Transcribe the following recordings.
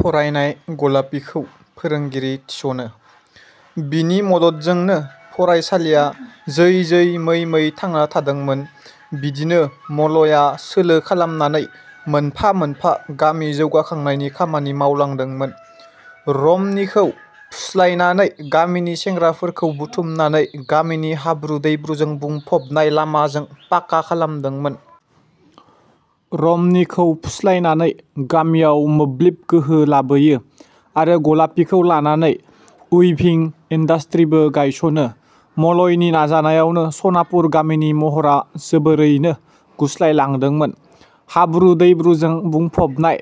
फरायनाय गलापीखौ फोरोंगिरि थिसनो। बिनि मददजोंनो फरायसालिया जै जै मै मै थांना थादोंमोन। बिदिनो मलया सोलो खालामनानै मोनफा मोनफा गामि जौगाखांनायनि खामानि मावलांदोंमोन। रमनिखौ फुस्लायनानै गामिनि सेंग्राफोरखौ बुथुमनानै गामिनि हाब्रु दैब्रुजों बुंफबनाय लामाजों पाका खालामदोंमोन। रमनिखौ फुस्लायनानै गामियाव मोब्लिब गोहो लाबोयो आरो गलापिखौ लानानै उइभिं इन्दास्ट्रिबो गायसनो। मलयनि नाजानायावनो सनापुर गामिनि महरा जोबोरैनो गुस्लायलांदोंमोन। हाब्रु दैब्रुजों बुंफबनाय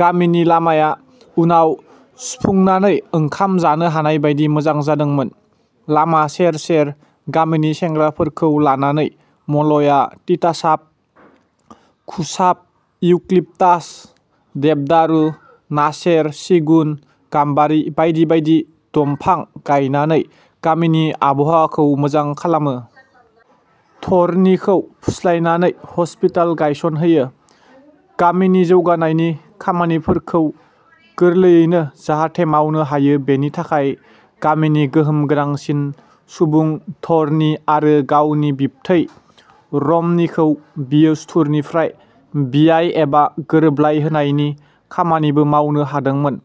गामिनि लामाया उनाव सुफुंनानै ओंखाम जानो हानायबादि मोजां जादोंमोन। लामा सेर सेर गामिनि सेंग्राफोरखौ लानानै मलया तितासाप, खुजाब, इउक्लिपतास, देबदारू, नासेर, सिगुन, गाम्बारि बायदि बायदि दमफां गायनानै गामिनि आबहावाखौ मोजां खालामो। धरनिखौ फुस्लायनानै हस्पिताल गायसनहोयो। गामिनि जौगानायनि खामानिफोरखौ गोरलैयैनो जाहाथे मावनो हायो बेनि थाखाय गामिनि गोहोम गोनांसिन सुबुं धरनि आरो गावनि बिबथै रमनिखौ बियो सुथुरनिफ्राय बियाय एबा गोरोबलायहोनायनि खामानिबो मावनो हादोंमोन।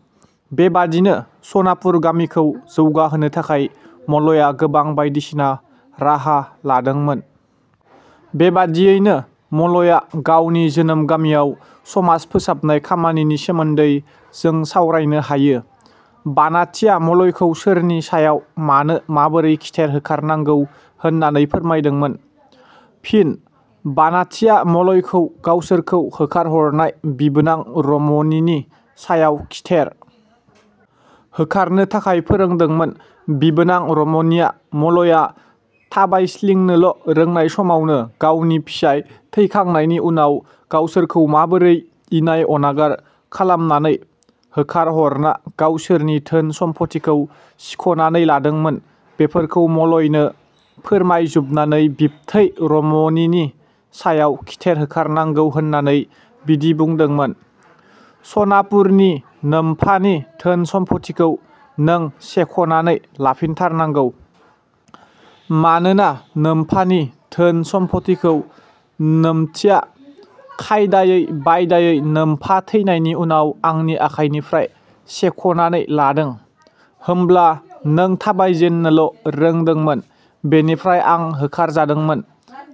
बेबादिनो सनापुर गामिखौ जौगाहोनो थाखाय मलया गोबां बायदिसिना राहा लादोंमोन। बेबादियैनो मलया गावनि जोनोम गामियाव समाज फोसाबनाय खामानिनि सोमोन्दै जों सावरायनो हायो। बानाथिया मलयखौ सोरनि सायाव मानो माबोरै खिथेर होखार- नांगौ होननानै फोरमायदोंमोन? ' फिनः बानाथिया मलयखौ गावसोरखौ होखारहरनाय बिबोनां रमनिनि सायाव खिथेर होखारनो थाखाय फोरोंदोंमोन बिबोनां रमनिया मलया 'थाबायस्लिंनोल' रोंनाय समावनो गावनि फिसाइ थैखांनायनि उनाव गावसोरखौ माबोरै इनाय अनागार खालामनानै होखारहरना गावसोरनि धोन सम्फथिखौ सिखनानै लादोंमोन बेफोरखौ मलयनो फोरमायजुबनानै बिबथै रमनिनि सायाव खिथेर होखारनांगौ होननानै बिदि बुंदोंमोन- "सनापुरनि नोमफानि धोन सम्फथिखौ नों सेखनानै लाफिनथारनांगौ। मानोना नोम्फानि धोन सम्फथिखौ नोमथिया खायदायै बायदायै नोमफा थैनायनि उनाव आंनि आखाइनिफ्राय सेखनानै लादों। होमब्ला नों थाबायजेननोल' रोंदोंमोन। बेनिफ्राय आं होखारजादोंमोन।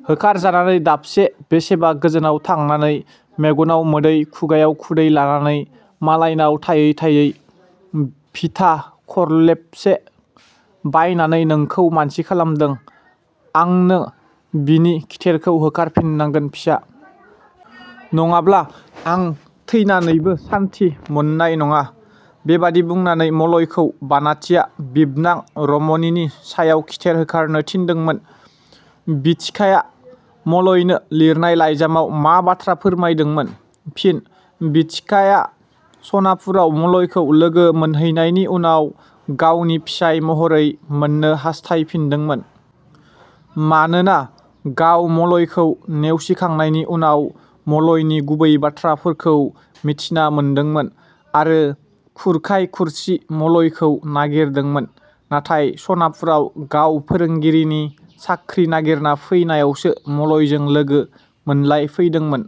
होखारजानानै दाबसे 'बेसेबा गोजानाव थांनानै मेगनाव मोदै खुगायाव खुदै लानानै मालायनाव थायै थायै भिथा खरलबसे बायनानै नोंखौ मानसि खालामदों आंनों बिनि खिथेरखौ होखारफिननांगोन फिसा। नङाब्ला आं थैनानैबो सान्थि मोननाय नङा। " बेबादि बुंनानै मलयखौ बानाथिया बिबनां रमनिनि सायाव खिथेर होखारनो थिनदोंमोन। बिथिकाया मलयनो लिरनाय लाइजामाव मा बाथ्रा फोरमाय- दोंमोन? फिन: बिथिकाया सनापुराव मलयखौ लोगो मोनहैनायनि उनाव गावनि फिसाइ महरै मोननो हास्थायफिनदोंमोन। मानोना गाव मलयखौ नेवसिखांनायनि उनाव मलयनि गुबै बाथ्राफोरखौ मिथिना मोनदोंमोन आरो खुरखाय खुरसि मलयखौ नागिरदोंमोन नाथाय सनापुराव गाव फोरोंगिरिनि साख्रि नागिरना फैनायावसो मलयजों लोगो मोनलायफैदोंमोन।।